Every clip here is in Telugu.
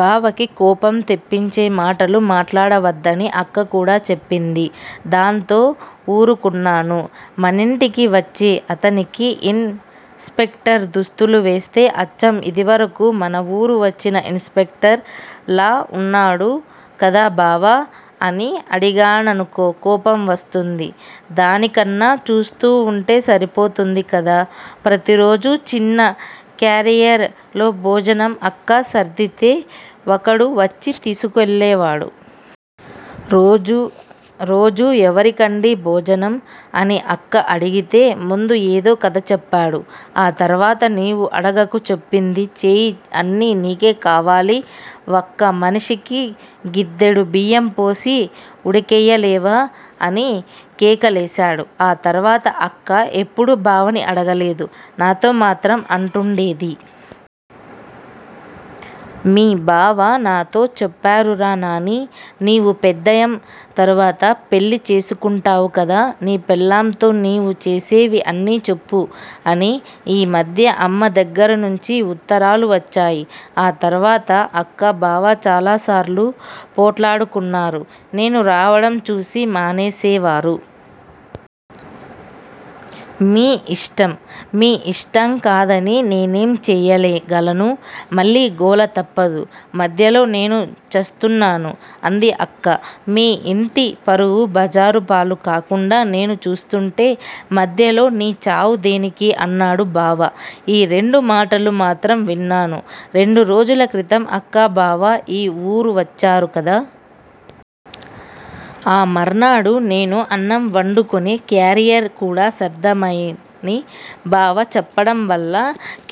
బావకి కోపం తెప్పించేమాటలు మాట్లాడవద్దని అక్క కూడా చెప్పింది. దాంతో వూరుకున్నాను. మనింటికి వచ్చే అతనికి ఇన్ స్పెక్టర్ దుస్తులువేస్తే అచ్చం ఇదివరకు మనవూరు వచ్చిన ఇన్ స్పెక్టర్ లా వుంటాడు కదా బావా! అని అడిగాననుకో కోపం వస్తుంది దానికన్నా చూస్తూవుంటే సరిపోతుందికదా! ప్రతిరోజు చిన్న క్యారియర్ లో భోజనం అక్క సర్దితే వకడు వచ్చి తీసుకెళ్ళేవాడు. రోజూ ఎవరికండీ భోజనం! అని అక్క అడిగితే ముందు ఏదో కధ చెప్పాడు. ఆ తర్వాత నీవు అడగకు చెప్పింది చేయి అన్నీ నీకే కావాలి. వక్క మనిషికి గిద్దెడు బియ్యం పోసి వుడకెయ్యలేవా! అని కేకలేసాడు. ఆ తర్వాత అక్క ఎప్పుడూ బావని అడగలేదు నాతో మాత్రం అంటుండేది. మీ బావ నాతో చెప్పరురా నానీ! నీవు పెద్దయం తరువాత పెళ్ళి చేసుకుంటావు కదా, నీ పెళ్ళాంతో నీవు చేసేవి అన్నీ చెప్పు. అని. ఈ మధ్య అమ్మ దగ్గరనుంచి వుత్తరాలు వచ్చాయి. ఆ తర్వాత అక్క బావ చాలాసార్లు పోట్లాడుకున్నారు. నేను రావటం చూసి మానేసేవారు. మీ యిష్టం. మీ యిష్టంకాదని నేనేం చేయగలను. మళ్లీ గోల తప్పదు మధ్యలో నేను చస్తున్నాను. అంది అక్క. మీ ఇంటి పరువు బజారుపాలు కాకుండా నేను చూస్తుంటే మధ్యలో నీ చావు దేనికి! అన్నాడు బావ. ఈ రెండు మాటలు మాత్రం విన్నాను. రెండురోజుల క్రితం అక్కా బావ ఈ వూరువచ్చారు కదా. ఆ మర్నాడు నేను అన్నం వండుకుని క్యారియర్ కూడా సర్దియిమ్మని బావ చెప్పటంవల్ల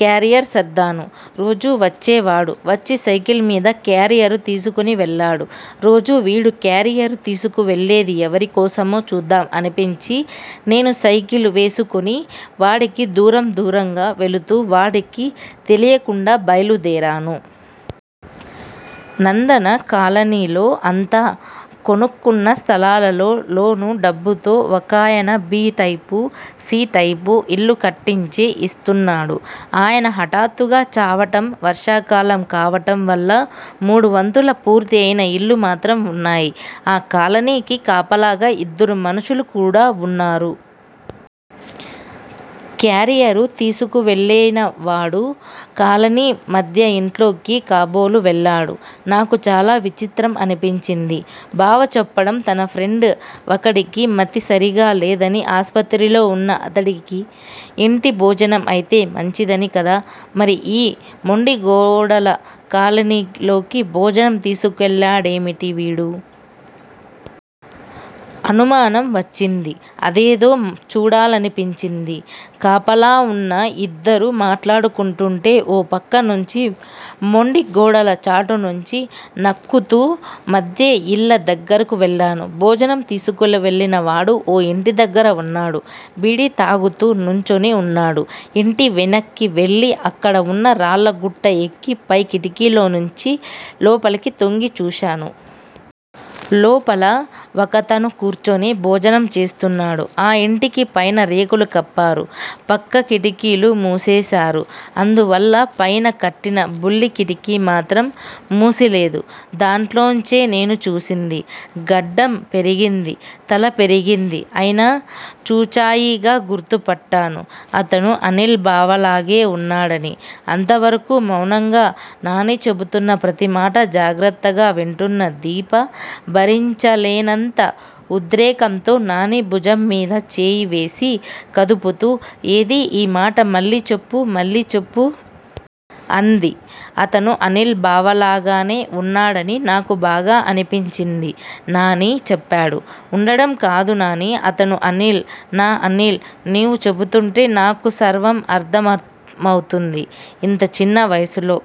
క్యారియర్ సర్దాను. రోజూ వచ్చేవాడు వచ్చి సైకిల్ మీద క్యారియరు తీసుకుని వెళ్ళాడు. రోజూ వీడు క్యారియరు తీసుకువెళ్ళేది ఎవరికోసమో చూద్దాం అనిపించి నేను సైకిలు వేసుకుని వాడికి దూరం దూరంగ వెళుతూ వాడికి తెలియకుండా బైలుదేరాను. నందన కాలనీలో అంతా కొనుక్కున్న స్థలాలలో లోను డబ్బుతో వకాయన బి టైపు, సి టైపు ఇల్లు కట్టించి యిస్తున్నాడు. ఆయన హటాత్తుగా చావటం వర్షాకాలం, కావటం వల్ల మూడువంతుల పూర్తి అయిన ఇళ్ళు మాత్రం వున్నాయి. ఆ కాలనీకి కాపలాగా ఇద్దరు మనుషులు కూడా వున్నారు. క్యారియరు తీసుకువెళ్ళినవాడు కాలనీ మధ్య ఇంట్లోకి కాబోలు వెళ్లాడు. నాకు చాలా విచిత్రం అనిపించింది. బావ చెప్పడం తన ఫ్రెండ్ వకడికి మతి సరీగ లేదని ఆస్పత్రిలో వున్న అతనికి ఇంటి భోజనం అయితే మంచిదని కదా! మరి ఈ మొండిగోడల కాలనీలోకి భోజనం తీసుకెళ్ళాడేమిటి వీడు! అనుమానం వచ్చింది. అదేదో చూడాలనిపించింది. కాపలావున్న యిద్దరు మాట్లాడుకుంటుంటే ఓ పక్క నుంచి మొండి గోడల చాటునుంచి నక్కుతూ మధ్య యిళ్ళ దగ్గరకు వెళ్లాను. భోజనం తీసుకెళ్ళినవాడు ఓ యింటిదగ్గర వున్నాడు. బీడీ తాగుతూ నుంచుని వున్నాడు. యింటి వెనక్కి వెళ్ళి అక్కడ వున్న రాళ్ళగుట్ట ఎక్కి పై కిటికీలోంచి లోపలికి తొంగి చూశాను. లోపల వకతను కూర్చుని భోజనం చేస్తున్నాడు. ఆ యింటికి పైన రేకులు కప్పారు. పక్క కిటికీలు మూసేశారు. అందువల్ల పైన కట్టిన బుల్లి కిటికీ మాత్రం మూసిలేదు. దాంట్లోంచే నేను చూసింది. గడ్డం పెరిగింది. తల పెరిగింది అయినా చూచాయిగ గుర్తుపట్టాను. అతను అనిల్ బావలాగానే వున్నాడని అంతవరకూ మౌనంగా నాని చెపుతున్న ప్రతిమాట జాగ్రత్తగ వింటున్న దీప భరించలేనంత ఉద్రేకంతో నాని భుజంమీద చేయివేసి కుదుపుతూ ఏదీ ఈ మాట మళ్ళీ చెప్పు, మళ్ళీ చెప్పు. అంది. అతను అనిల్ బావలాగానే వున్నాడని నాకు బాగా అనిపించింది. నాని చెప్పాడు. ఉండటం కాదు నానీ! అతను అనిల్ నా అనిల్ నీవు చెపుతుంటే నాకు సర్వం అర్ధమవుతున్నది. ఇంత చిన్న వయసులో